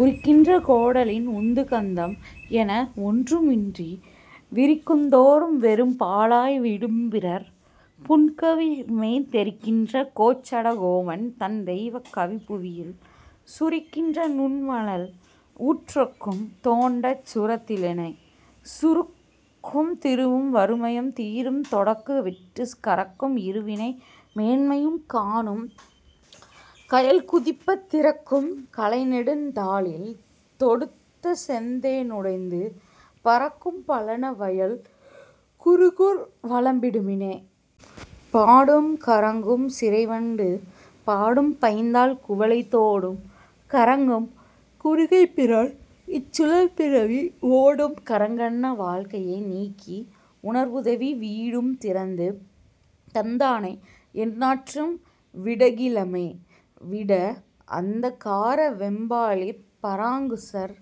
உரிக்கின்ற கோடலின் உந்துகந்தம் என ஒன்றுமின்றி விரிக்குந்தோறும் வெறும் பாழாய் விடும்பிறர் புன்கவிமெய் தெரிக்கின்ற கோச்சடகோபன் தன் தெய்வக் கவிபுவியில் சுரிக்கின்ற நுண்மணல் ஊற்றொக்கும் தோண்டச் சுரத்தலினே.. சுரக்கும் திருவும் வறுமையும் தீரும் தொடக்கு விட்டுக் கரக்கும் இருவினை மேன்மையும் காணும் கயல்குதிப்பத் திரக்கும் கழைநெடுந் தாளில் தொடுத்த செந்தேனுடைந்து பரக்கும் பழன வயல் குருகூர் வளம்பிடுமினே. பாடும் கறங்கும் சிறைவண்டு பாடும்பைந்தாள் குவளை தோடும் கறங்கும் குருகைப்பிரான் இச் சுழல்பிறவி ஓடும் கறங்கன்ன வாழ்கையை நீக்கி உணர்வுதவி வீடும் திறந்து தந்தானை எந்நாற்றும் விடகிலமே. விட அந்தகார வெம்பாலிற் பராங்குசர்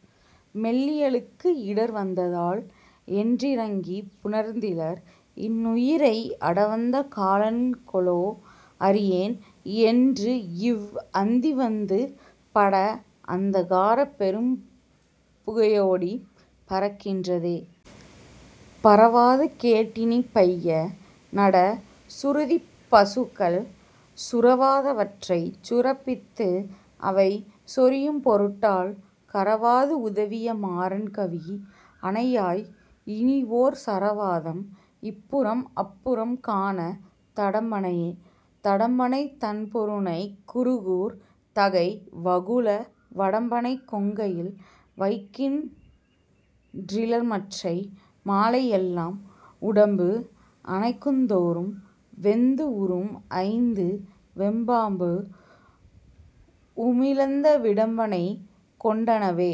மெல்லியலுக்கு இடர் வந்ததால் என்றிரங்கிப் புணர்ந்திலர் இன்னுயிரை அடவந்த காலன்கொலோ அறியேன் இன்று இவ் அந்திவந்து பட அந்தகாரப் பெரும்புகையோடிப் பரக்கின்றதே. பரவாது கேட்டினிப் பைய நட சுருதிப் பசுக்கள் சுரவாதவற்றைச் சுரப்பித்து அவை சொரியும் பொருட்டால் கரவாது உதவிய மாறன் கவி அனையாய் இனிஓர் சரவாதம் இப்புறம் அப்புறம் காணத் தடம்பணையே. தடம்பணைத் தண்பொருநைக் குருகூர் தகை வகுள வடம்பணைக் கொங்கையில் வைக்கின் றிலர்மற்றை மாலைஎல்லாம் உடம்பு அணைக்குந்தொறும் வெந்துஉரும் ஐந்து வெம்பாம்பு உமிழந்த விடம்பணைக் கொண்டனவே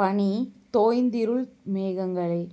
பனி தோய்ந்திருள் மேகங்களே.